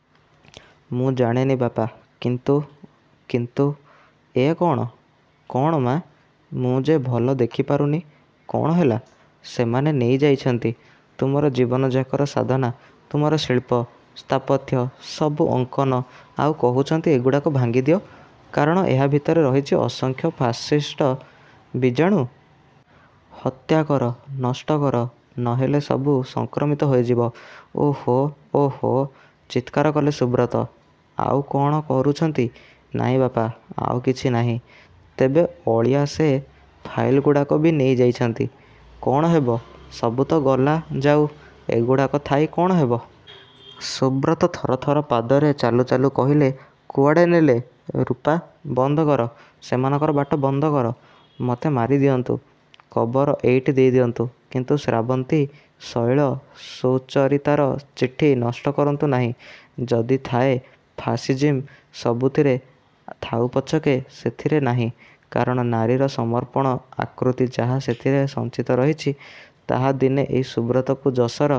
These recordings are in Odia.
' -ମୁଁ ଜାଣେନି ବାପା, କିନ୍ତୁ… କିନ୍ତୁ… ଏ କଅଣ? ' -'କଅଣ ମାଆ, ମୁଁ ଯେ ଭଲ ଦେଖିପାରୁନି.. କଅଣ ହେଲା? ' -'ସେମାନେ ନେଇ ଯାଇଛନ୍ତି, ତୁମର ଜୀବନଯାକର ସାଧନା… ତୁମର ଶିଳ୍ପ, ସ୍ଥାପତ୍ୟ, ସବୁ ଅଙ୍କନ, ଆଉ କହୁଛନ୍ତି.. ଏଗୁଡ଼ାକ ଭାଙ୍ଗିଦିଅ, କାରଣ ଏହା ଭିତରେ ରହିଛି ଅସଂଖ୍ୟ ଫାସିଷ୍ଟ ବୀଜାଣୁ.. ହତ୍ୟାକର, ନଷ୍ଟକର….. ନହେଲେ ସବୁ ସଂକ୍ରମିତ ହୋଇଯିବ। ' 'ଓଃ-ଓଃ'-ଚିତ୍କାର କଲେ ସୁବ୍ରତ… 'ଆଉ କଅଣ କରୁଛନ୍ତି? ' -'ନାହିଁ ବାପା, ଆଉ କିଛି ନାହିଁ… ତେବେ ଅଳିଆ ସେ ଫାଇଲ୍ଗୁଡ଼ାକ ବି ନେଇଯାଇଛନ୍ତି… କଅଣ ହେବ, ସବୁ ତ ଗଲା-ଯାଉ, ଏଗୁଡ଼ାକ ଥାଇ କଅଣ ହେବ? ' ସୁବ୍ରତ ଥରଥର ପାଦରେ ଚାଲୁ ଚାଲୁ କହିଲେ–-'କୁଆଡ଼େ ନେଲେ? ରୂପା, ବନ୍ଦକର, ସେମାନଙ୍କର ବାଟ ବନ୍ଦକର। ମତେ ମାରିଦିଅନ୍ତୁ, କବର ଏଇଠି ଦେଇଦିଅନ୍ତୁ; କିନ୍ତୁ ଶ୍ରାବନ୍ତୀ, ଶୈଳ, ସୁଚରିତାର ଚିଠି ନଷ୍ଟ କରନ୍ତୁନାହିଁ। ଯଦି ଥାଏ ଫାସିଜିମ୍, ସବୁଥିରେ ଥାଉ ପଛକେ ସେଥିରେ ନାହିଁ; କାରଣ ନାରୀର ସମର୍ପଣ, ଆକୂତି ଯାହା ସେଥିରେ ସଞ୍ଚିତ ରହିଛି, ତାହା ଦିନେ ଏଇ ସୁବ୍ରତକୁ ଯଶର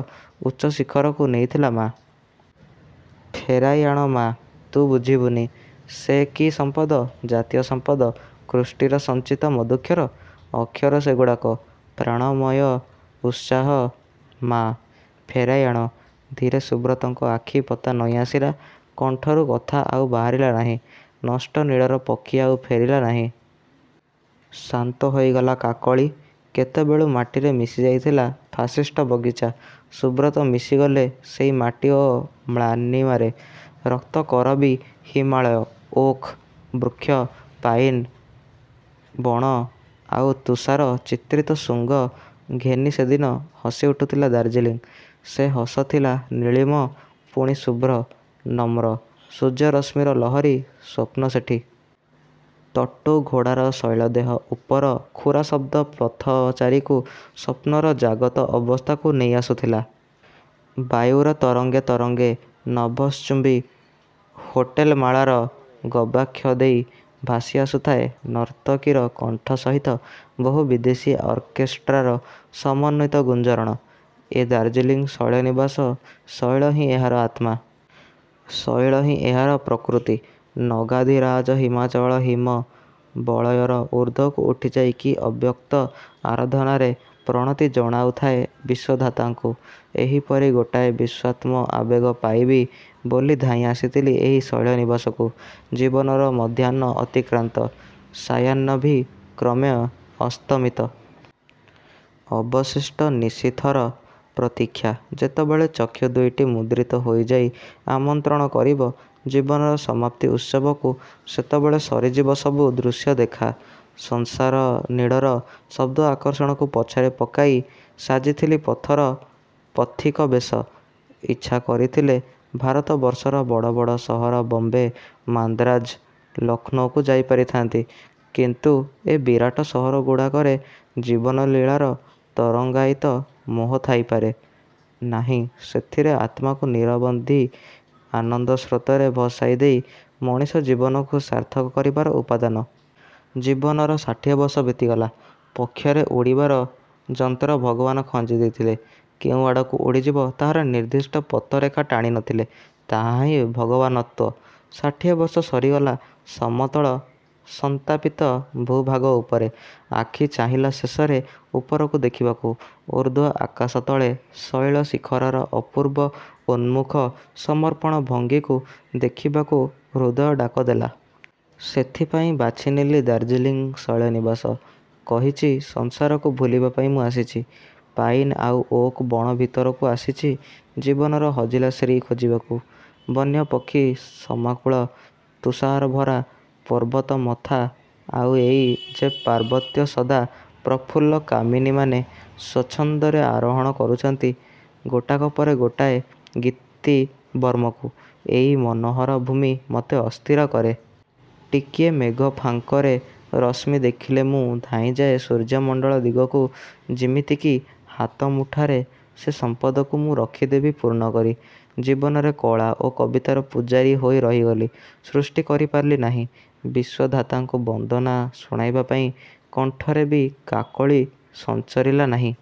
ଉଚ୍ଚ ଶିଖରକୁ ନେଇଥିଲା ମାଆ! ଫେରାଇ ଆଣ ମାଆ, ତୁ ବୁଝିବୁନି, ସେ କି ସଂପଦ, ଜାତୀୟ ସମ୍ପଦ, କୃଷ୍ଟିର ସଞ୍ଚିତ ମଧୁକ୍ଷର। ଅକ୍ଷର ସେଗୁଡ଼ାକ। ପ୍ରାଣମୟ ଉତ୍ସାହ, ମାଆ! ଫେରାଇ ଆଣ। ' ଧୀରେ ସୁବ୍ରତଙ୍କ ଆଖି ପତା ନଇଁଆସିଲା। କଣ୍ଠରୁ କଥା ଆଉ ବାହାରିଲା ନାହିଁ। ନଷ୍ଟ ନୀଡ଼ର ପକ୍ଷୀ ଆଉ ଫେରିଲାନାହିଁ। ଶାନ୍ତ ହୋଇଗଲା କାକଳି। କେତେବେଳୁ ମାଟିରେ ମିଶି ଯାଇଥିଲା ଫାସିଷ୍ଟ ବଗିଚା। ସୁବ୍ରତ ମିଶିଗଲେ ସେଇ ମାଟି ଓ ମ୍ଲାନିମାରେ..। ରକ୍ତ କରବୀ ହିମାଳୟ, ଓକ୍। ବୃକ୍ଷ, ପାଇନ୍ ବଣ ଆଉ ତୁଷାର ଚିତ୍ରିତ ଶୃଙ୍ଗ ଘେନି ସେଦିନ ହସିଉଠୁଥିଲା ଦାର୍ଜିଲିଙ୍ଗ। ସେ ହସ ଥିଲା ନୀଳିମ, ପୁଣି ଶୁଭ୍ର, ନମ୍ର… ସୂର୍ଯ୍ୟରଶ୍ମିର ଲହରୀ ସ୍ଵପ୍ନ ସେଠି। ତଟୁ ଘୋଡ଼ାର ଶୈଳଦେହ ଉପର ଖୁରାଶବ୍ଦ ପଥଚାରୀକୁ ସ୍ୱପ୍ନର ଜାଗ୍ରତ ଅବସ୍ଥାକୁ ନେଇଆସୁଥିଲା। ବାୟୁର ତରଙ୍ଗେ ତରଙ୍ଗେ ନଭଶ୍ଚୁମ୍ବୀ ହୋଟେଲମାଳାର ଗବାକ୍ଷ ଦେଇ ଭାସିଆସୁଥାଏ ନର୍ତ୍ତକୀର କଣ୍ଠ ସହିତ ବହୁ ବିଦେଶୀ ଅର୍କେଷ୍ଟ୍ରାର ସମନ୍ୱିତ ଗୁଞ୍ଜରଣ। ଏ ଦାର୍ଜିଲିଙ୍ଗ ଶୈଳ-ନିବାସ। ଶୈଳ ହିଁ ଏହାର ଆତ୍ମା। ଶୈଳ ହିଁ ଏହାର ପ୍ରକୃତି। ନଗାଧିରାଜ ହିମାଚଳ ହିମ ବଳୟର ଉର୍ଦ୍ଧ୍ୱକୁ ଉଠିଯାଇ କି ଅବ୍ୟକ୍ତ ଆରାଧନାରେ ପ୍ରଣତି ଜଣାଉଥାଏ ବିଶ୍ୱଧାତାଙ୍କୁ। ଏହିପରି ଗୋଟାଏ ବିଶ୍ୱାତ୍ମ ଆବେଗ ପାଇବି ବୋଲି ଧାଇଁ ଆସିଥିଲି ଏହି ଶୈଳନିବାସକୁ। ଜୀବନର ମଧ୍ୟାହ୍ନ ଅତିକ୍ରାନ୍ତ। ସାୟାହ୍ନ ବି କ୍ରମେ ଅସ୍ତମିତ। ଅବଶିଷ୍ଟ ନିଶୀଥର ପ୍ରତୀକ୍ଷା। ଯେତେବେଳେ ଚକ୍ଷୁ ଦୁଇଟି ମୁଦ୍ରିତ ହୋଇଯାଇ ଆମନ୍ତ୍ରଣ କରିବ ଜୀବନର ସମାପ୍ତି ଉତ୍ସବକୁ, ସେତେବେଳେ ସରିଯିବ ସବୁ ଦୃଶ୍ୟ ଦେଖା। ସଂସାର ନୀଡ଼ର ଶବ୍ଦ ଆକର୍ଷଣକୁ ପଛରେ ପକାଇ ସାଜିଥିଲି ପଥର ପଥିକବେଶ। ଇଚ୍ଛା କରିଥିଲେ ଭାରତବର୍ଷର ବଡ଼ ବଡ଼ ସହର ବମ୍ବେ, ମାନ୍ଦ୍ରାଜ, ଲକ୍ଷ୍ନୌକୁ ଯାଇପାରିଥାନ୍ତି; କିନ୍ତୁ ଏ ବିରାଟ ସହରଗୁଡ଼ାକରେ ଜୀବନ-ଲୀଳାର ତରଙ୍ଗାୟିତ ମୋହ ଥାଇପାରେ, ନାହିଁ ସେଥିରେ ଆତ୍ମାକୁ ନିରବଧି ଆନନ୍ଦ ସ୍ରୋତରେ ଭସାଇ ଦେଇ ମଣିଷଜୀବନକୁ ସାର୍ଥକ କରିବାର ଉପାଦାନ। ଜୀବନର ଷାଠିଏ ବର୍ଷ ବିତିଗଲା। ପକ୍ଷରେ ଉଡ଼ିବାର ଯନ୍ତ୍ର ଭଗବାନ ଖଞ୍ଜି ଦେଇଥିଲେ। କେଉଁଆଡ଼କୁ ଉଡ଼ିଯିବ, ତାହାର ନିର୍ଦ୍ଦିଷ୍ଟ ପଥରେଖା ଟାଣିନଥିଲେ। ତାହାହିଁ ଭଗବାନତ୍ଵ। ଷାଠିଏ ବର୍ଷ ସରିଗଲା ସମତଳ ସନ୍ତାପିତ ଭୂଭାଗ ଉପରେ। ଆଖି ଚାହିଁଲା ଶେଷରେ ଉପରକୁ ଦେଖିବାକୁ। ଉର୍ଦ୍ଧ୍ୱ ଆକାଶ ତଳେ ଶୈଳ ଶିଖରର ଅପୂର୍ବ ଉନ୍ମୁଖ ସମର୍ପଣ ଭଙ୍ଗୀକୁ ଦେଖିବାକୁ ହୃଦୟ ଡାକଦେଲା। ସେଥିପାଇଁ ବାଛିନେଲି ଦାର୍ଜିଲିଙ୍ଗ ଶୈଳନିବାସ। କହିଛି, ସଂସାରକୁ ଭୁଲିବା ପାଇଁ ମୁଁ ଆସିଛି। ପାଇନ୍ ଆଉ ଓକ୍ ବଣ ଭିତରକୁ ଆସିଛି ଜୀବନର ହଜିଲା ଶ୍ରୀ ଖୋଜିବାକୁ। ବନ୍ୟପକ୍ଷୀ ସମାକୁଳ ତୁଷାରଭରା ପର୍ବତ ମଥା ଆଉ ଏଇ ଯେ ପାର୍ବତ୍ୟ ସଦା ପ୍ରଫୁଲ୍ଲ କାମିନୀମାନେ ସ୍ଵଚ୍ଛନ୍ଦରେ ଆରୋହଣ କରୁଛନ୍ତି ଗୋଟାକ ପରେ ଗୋଟାଏ ଗିତିବର୍ମକୁ–ଏଇ ମନୋହର ଭୂମି ମତେ ଅସ୍ଥିର କରେ। ଟିକିଏ ମେଘ ଫାଙ୍କରେ ରଶ୍ମି ଦେଖିଲେ ମୁଁ ଧାଇଁଯାଏ ସୂର୍ଯ୍ୟମଣ୍ଡଳ ଦିଗକୁ ଯିମିତିକି ହାତମୁଠାରେ ସେ ସମ୍ପଦକୁ ମୁଁ ରଖିଦେବି ପୂର୍ଣ୍ଣକରି। ଜୀବନରେ କଳା ଓ କବିତାର ପୂଜାରୀ ହୋଇ ରହିଗଲି। ସୃଷ୍ଟି କରିପାରିଲି ନାହିଁ। ବିଶ୍ଵଧାତାଙ୍କୁ ବନ୍ଦନା ଶୁଣାଇବା ପାଇଁ କଣ୍ଠରେ ବି କାକଳି ସଞ୍ଚରିଲା ନାହିଁ।